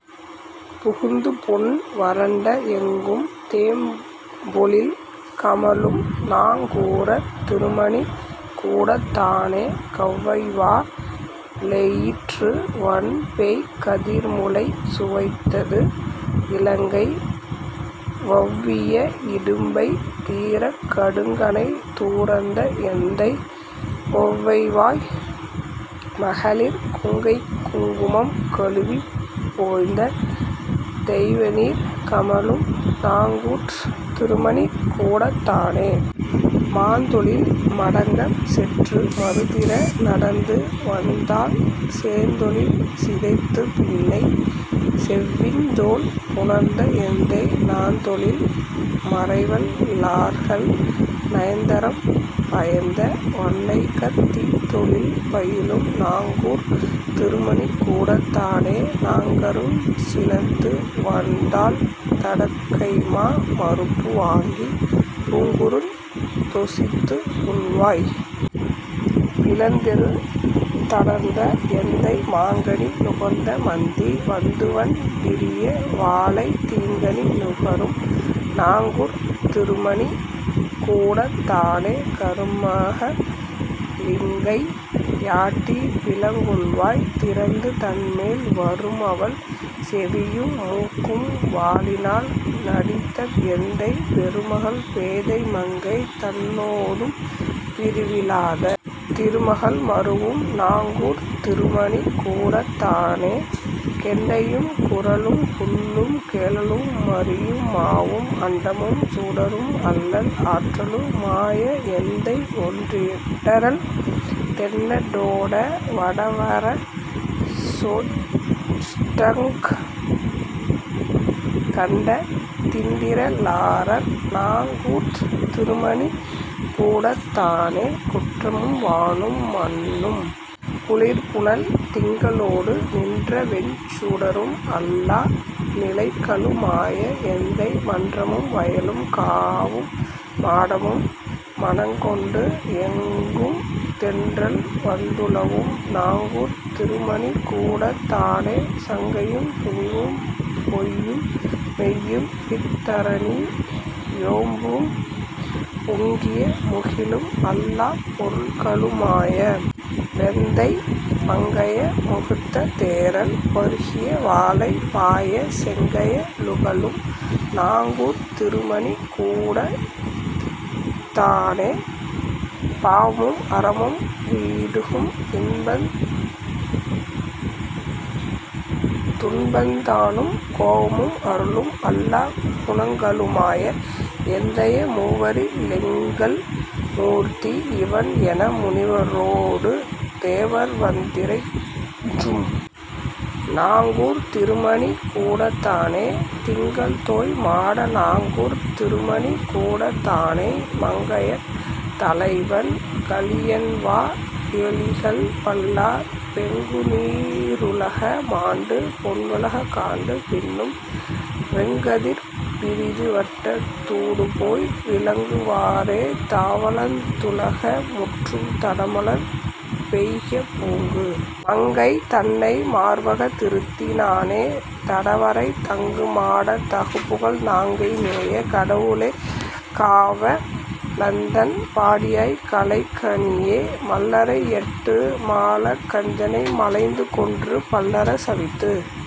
புகுந்துபொன் வரண்ட, எங்கும் தேம்பொழில் கமழும் நாங்கூரத் திருமணிக் கூடத் தானே கவ்வைவா ளெயிற்று வன்பேய்க் கதிர்முலை சுவைத்தது, இ லங்கை வவ்விய இடும்பை தீரக் கடுங்கணை துரந்த எந்தை, கொவ்வைவாய் மகளிர் கொங்கைக் குங்குமம் கழுவிப் போந்த, தெய்வநீர் கமழும் நாங்கூர்த் திருமணிக் கூடத் தானே மாத்தொழில் மடங்கக் செற்று மறுதிற நடந்து வன்தாள் சேத்தொழில் சிதைத்துப் பின்னை செவ்வித்தோள் புணர்ந்த எந்தை, நாத்தொழில் மறைவல் லார்கள் நயந்தறம் பயந்த வண்கைத் தீத்தொழில் பயிலும் நாங்கூர்த் திருமணிக் கூடத் தானே தாங்கருஞ் சினத்து வன்தாள் தடக்கைமா மருப்பு வாங்கி, பூங்குருந் தொசித்துப் புள்வாய் பிளந்தெரு தடர்த்த எந்தை, மாங்கனி நுகர்ந்த மந்தி வந்துவண் டிரிய வாழைத் தீங்கனி நுகரும் நாங்கூர்த் திருமணிக் கூடத் தானே கருமக ளிங்கை யாட்டி பிலங்கொள்வாய் திறந்து தன்மேல் வருமவள் செவியும் மூக்கும் வாளினால் தடிந்த எந்தை, பெருமகள் பேதை மங்கை தன்னொடும் பிரிவி லாத, திருமகள் மருவும் நாங்கூர்த் திருமணிக் கூடத் தனே கெண்டையும் குறளும் புள்ளும் கேழலு மரியும் மாவும், அண்டமும் சுடரும் அல்ல ஆற்றலு மாய எந்தை, ஓண்டிறல் தென்ன னோட வடவர சோட்டங் கண்ட, திண்டிற லாளர் நாங்கூர்த் திருமணிக் கூடத் தனே குன்றமும் வானும் மண்ணும் குளிர்புனல் திங்க ளோடு, நின்றவெஞ் சுடரும் அல்லா நிலைகளு மாய எந்தை, மன்றமும் வயலும் காவும் மாடமும் மணங்கொண்டு, எங்கும் தென்றல்வந் துலவும் நாங்கூர்த் திருமணிக் கூடத் தானே சங்கையும் துணிவும் பொய்யும் மெய்யும் இத் தரணி யோம்பும், பொங்கிய முகிலும் அல்லாப் பொருள்களு மாய வெந்தை, பங்கய முகுத்த தேறல் பருகிய வாளை பாய, செங்கய லுகளும் நாங்கூர்த் திருமணிக் கூடத் தானே பாவமும் அறமும் வீடும் இன்பந் துன்பந் தானும் கோவமும் அருளும் அல்லாக் குணங்களு மாய எந்தைய, மூவரி லெங்கள் மூர்த்தி இவன், என முனிவரோடு, தேவர்வந் திறைஞ்சும் நாங்கூர்த் திருமணிக் கூடத் தனே திங்கள்தோய் மாட நாங்கூர்த் திருமணிக் கூடத் தானை மங்கையர் தலைவன் கலியன்வா யொலிகள் வல்லார், பொங்குநீ ருலக மாண்டு பொன்னுல காண்டு, பின்னும் வெங்கதிர்ப் பிரிதி வட்டத் தூடுபோய் விளங்கு வாரே தாவளந் துலக முற்றும் தடமலர்ப் பொய்கை புக்கு, மங்கை தன்னை மார்வகத் திருத்தி னானே, தடவரை தங்கு மாடத் தகுபுகழ் நாங்கை மேய, கடவுளே காவ ளந்தண் பாடியாய் களைக ணீயே மல்லரை யட்டு மாளக் கஞ்சனை மலைந்து கொன்று, பல்லர சவிந்து